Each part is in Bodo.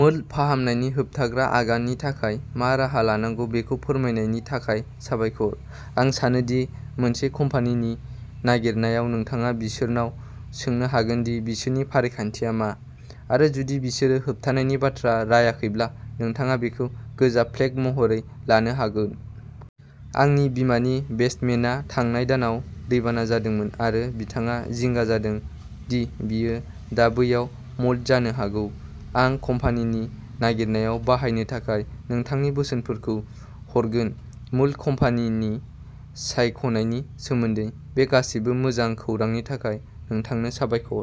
मोल्ड फाहामनायनि होबथाग्रा आगाननि थाखाय मा राहा लानांगौ बेखौ फोरमायनायनि थाखाय साबायखर। आं सानो दि मोनसे कम्पानि नागिरनायाव नोंथाङा बिसोरनाव सोंनो हागोन दि बिसोरनि फारिखान्थिआ मा, आरो जुदि बिसोरो होबथानायनि बाथ्रा रायाखैब्ला नोंथाङा बेखौ गोजा फ्लेग महरै लानो हागोन। आंनि बिमानि बेसमेन्टआ थांनाय दानाव दैबाना जादोंमोन आरो बिथाङा जिंगा जादों दि बियो दा बैयाव मोल्ड जानो हागौ। आं कम्पानी नागिरनायाव बाहायनो थाखाय नोंथांनि बोसोनफोरखौ हरगोन। मोल्ड कम्पानि सायख'नायनि सोमोन्दै बे गासैबो मोजां खौरांनि थाखाय नोंथांनो साबायखर!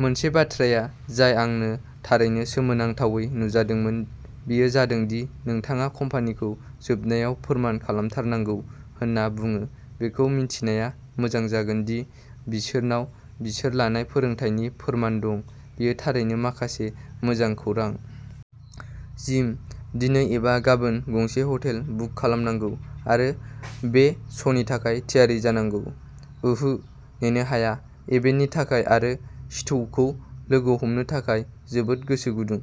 मोनसे बाथ्राया जाय आंनो थारैनो सोमोनांथावै नुजादोंमोन बेयो जादों दि नोंथाङा कम्पानिखौ जोबनायाव फोरमान खालामथारनांगौ होनना बुङो। बेखौ मिन्थिनाया मोजां जागोन दि बिसोरनाव बिसोर लानाय फोरोंथायनि फोरमान दं। बेयो थारैनो माखासे मोजां खौरां। जिम! दिनै एबा गाबोन गंसे हटेल बुक खालामनांगौ आरो बे श'नि थाखाय थियारि जानांगौ! उहु! नेनो हाया! इभेन्टनि थाखाय आरो स्टीवखौ लोगो हमनो थाखाय जोबोद गोसो गुदुं!!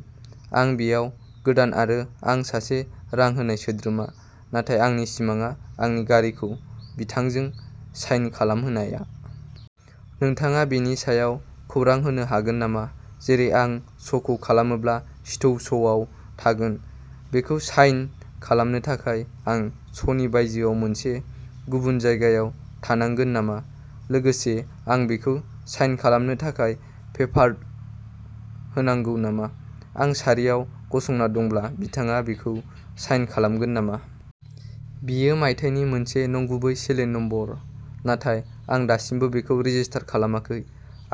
आं बेयाव गोदान आरो आं सासे रां होनाय सोद्रोमा, नाथाय आंनि सिमांआ आंनि गारिखौ बिथांजों साइन खालामहोनाया। नोंथाङा बेनि सायाव खौरां होनो हागोन नामा जेरै आं श'खौ खालामोब्ला स्टीव श'आव थागोन? बेखौ साइन खालामनो थाखाय आं श'नि बायजोआव मोनसे गुबुन जायगायाव थांनांगोन नामा? लोगोसे आं बेखौ साइन खालामनो थाखाय पेपार होनांगौ नामा, आं सारियाव गसंना दंब्ला बिथाङा बेखौ साइन खालामगोन नामा। बेयो मायथाइनि मोनसे नंगुबै सेलेन नम्बर नाथाय आं दासिमबो बेखौ रेजिस्टार खालामाखै,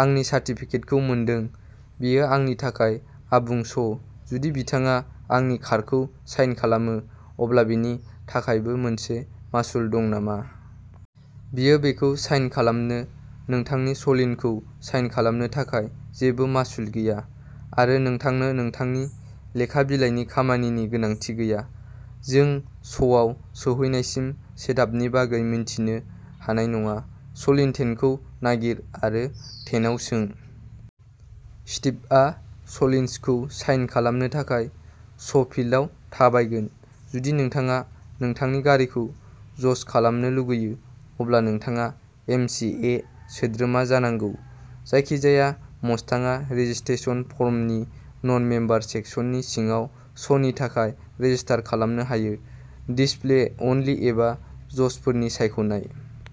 आंनि सार्टिफिकेटखौ मोनदों। बेयो आंनि थाखाय आबुं श ', जुदि बिथाङा आंनि कारखौ साइन खालामो, अब्ला बेनि थाखायबो मोनसे मासुल दं नामा? बियो बेखौ साइन खालामनो? नोंथांनि सलीनखौ साइन खालामनो थाखाय जेबो मासुल गैया, आरो नोंथांनो नोंथांनि लेखा बिलाइनि खामानिनि गोनांथि गैया। जों श'आव सौहैनायसिम सेटआपनि बागै मिन्थिनो हानाय नङा। सलीन टेन्टखौ नागिर आरो टेन्टआव सों। स्टिभआ सलिन्सखौ साइन खालामनो थाखाय श'फील्डआव थाबायगोन। जुदि नोंथाङा नोंथांनि गारिखौ जज खालामनो लुगैयो, अब्ला नोंथाङा एम. चि. ए. सोद्रोमा जानांगौ। जायखिजाया मस्टांआ रेजिस्ट्रेशन फर्मनि नन-मेम्बार सेक्सननि सिङाव श'नि थाखाय रेजिस्टार खालामनो हायो-डिसप्ले अनलि एबा जजफोरनि सायख'नाय।